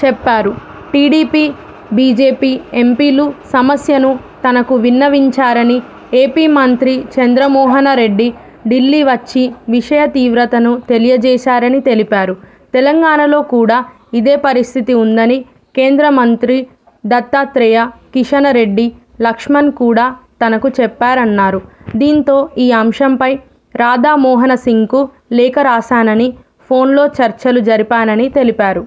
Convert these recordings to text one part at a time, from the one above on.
చెప్పారు. TDP, BJP ఎంపీలు సమస్యను తనకు విన్నవించారని, ఏపీ మంత్రి చంద్రమోహనరెడ్డి ఢిల్లీ వచ్చి విషయ తీవ్రతను తెలియజేశారని తెలిపారు. తెలంగాణలో కూడా ఇదే పరిస్థితి ఉందని కేంద్రమంత్రి దత్తాత్రేయ, కిషన రెడ్డి, లక్ష్మణ్ కూడా తనకు చెప్పారన్నారు. దీంతో ఈ అంశంపై రాధామోహనసింగ్కు లేఖ రాశానని, ఫోన్లో చర్చలు జరిపానని తెలిపారు.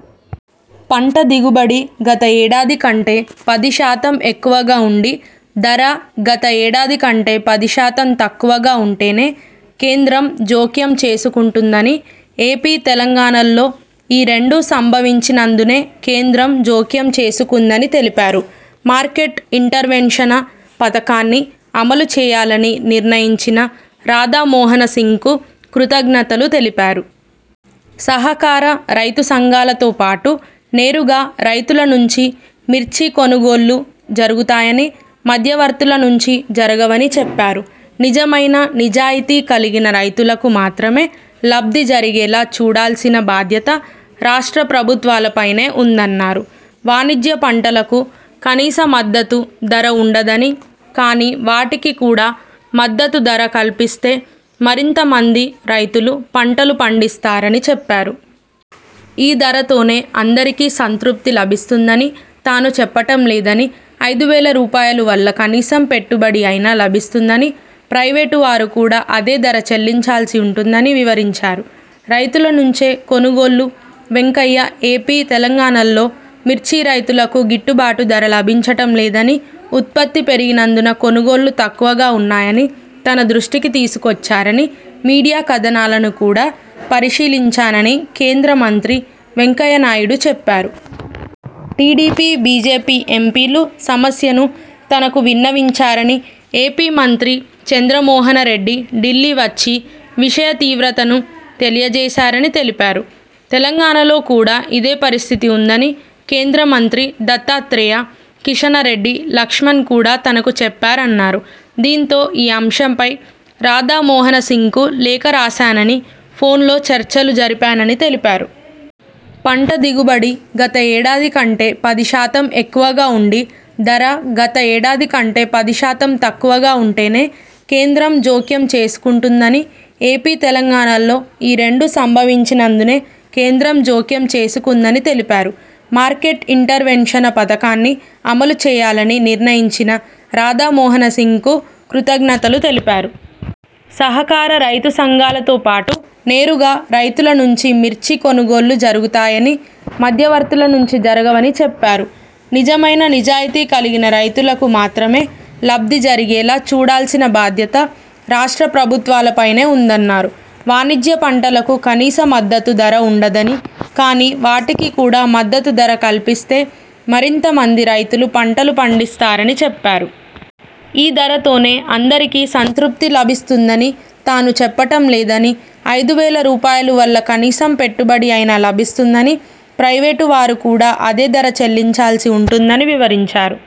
పంట దిగుబడి గత ఏడాది కంటే పదిశాతం ఎక్కువగా ఉండి, ధర గత ఏడాది కంటే పదిశాతం తక్కువగా ఉంటేనే కేంద్రం జోక్యం చేసుకుంటుందని, ఏపీ, తెలంగాణల్లో ఈ రెండూ సంభవించినందునే కేంద్రం జోక్యం చేసుకుందని తెలిపారు. మార్కెట్ ఇంటర్వెన్షన పథకాన్ని అమలు చేయాలని నిర్ణయించిన రాధామోహనసింగ్కు కృతజ్ఞతలు తెలిపారు. సహకార, రైతుసంఘాలతోపాటు నేరుగా రైతుల నుంచి మిర్చి కొనుగోళ్లు జరుగుతాయని, మధ్యవర్తుల నుంచి జరగవని చెప్పారు. నిజమైన, నిజాయితీ కలిగిన రైతులకు మాత్రమే లబ్ధి జరిగేలా చూడాల్సిన బాధ్యత రాష్ట్ర ప్రభుత్వాలపైనే ఉందన్నారు. వాణిజ్య పంటలకు కనీస మద్దతు ధర ఉండదని, కానీ, వాటికి కూడా మద్దతు ధర కల్పిస్తే మరింత మంది రైతులు పంటలు పండిస్తారని చెప్పారు. ఈ ధరతోనే అందరికీ సంతృప్తి లభిస్తుందని తాను చెప్పటం లేదని, ఐదు వేల రూపాయలు వల్ల కనీసం పెట్టుబడి అయినా లభిస్తుందని, ప్రైవేటు వారు కూడా అదే ధర చెల్లించాల్సి ఉంటుందని వివరించారు. రైతుల నుంచే కొనుగోళ్లు వెంకయ్య ఏపీ, తెలంగాణల్లో మిర్చి రైతులకు గిట్టుబాటు ధర లభించటం లేదని, ఉత్పత్తి పెరిగినందున కొనుగోళ్లు తక్కువగా ఉన్నాయని తన దృష్టికి తీసుకొచ్చారని, మీడియా కథనాలను కూడా పరిశీలించానని కేంద్ర మంత్రి వెంకయ్యనాయుడు చెప్పారు. టీడీపీ, బీజేపీ ఎంపీలు సమస్యను తనకు విన్నవించారని, ఏపీ మంత్రి చంద్రమోహనరెడ్డి ఢిల్లీ వచ్చి విషయ తీవ్రతను తెలియజేశారని తెలిపారు. తెలంగాణలో కూడా ఇదే పరిస్థితి ఉందని కేంద్రమంత్రి దత్తాత్రేయ, కిషన రెడ్డి, లక్ష్మణ్ కూడా తనకు చెప్పారన్నారు. దీంతో ఈ అంశంపై రాధామోహనసింగ్కు లేఖ రాశానని, ఫోన్లో చర్చలు జరిపానని తెలిపారు. పంట దిగుబడి గత ఏడాది కంటే పదిశాతం ఎక్కువగా ఉండి, ధర గత ఏడాది కంటే పదిశాతం తక్కువగా ఉంటేనే కేంద్రం జోక్యం చేసుకుంటుందని, ఏపీ, తెలంగాణల్లో ఈ రెండూ సంభవించినందునే కేంద్రం జోక్యం చేసుకుందని తెలిపారు. మార్కెట్ ఇంటర్వెన్షన పథకాన్ని అమలు చేయాలని నిర్ణయించిన రాధామోహనసింగ్కు కృతజ్ఞతలు తెలిపారు. సహకార, రైతుసంఘాలతోపాటు నేరుగా రైతుల నుంచి మిర్చి కొనుగోళ్లు జరుగుతాయని, మధ్యవర్తుల నుంచి జరగవని చెప్పారు. నిజమైన, నిజాయితీ కలిగిన రైతులకు మాత్రమే లబ్ధి జరిగేలా చూడాల్సిన బాధ్యత రాష్ట్ర ప్రభుత్వాలపైనే ఉందన్నారు. వాణిజ్య పంటలకు కనీస మద్దతు ధర ఉండదని, కానీ, వాటికి కూడా మద్దతు ధర కల్పిస్తే మరింత మంది రైతులు పంటలు పండిస్తారని చెప్పారు. ఈ ధరతోనే అందరికీ సంతృప్తి లభిస్తుందని తాను చెప్పటం లేదని, ఐదు వేల రూపాయలు వల్ల కనీసం పెట్టుబడి అయినా లభిస్తుందని, ప్రైవేటు వారు కూడా అదే ధర చెల్లించాల్సి ఉంటుందని వివరించారు.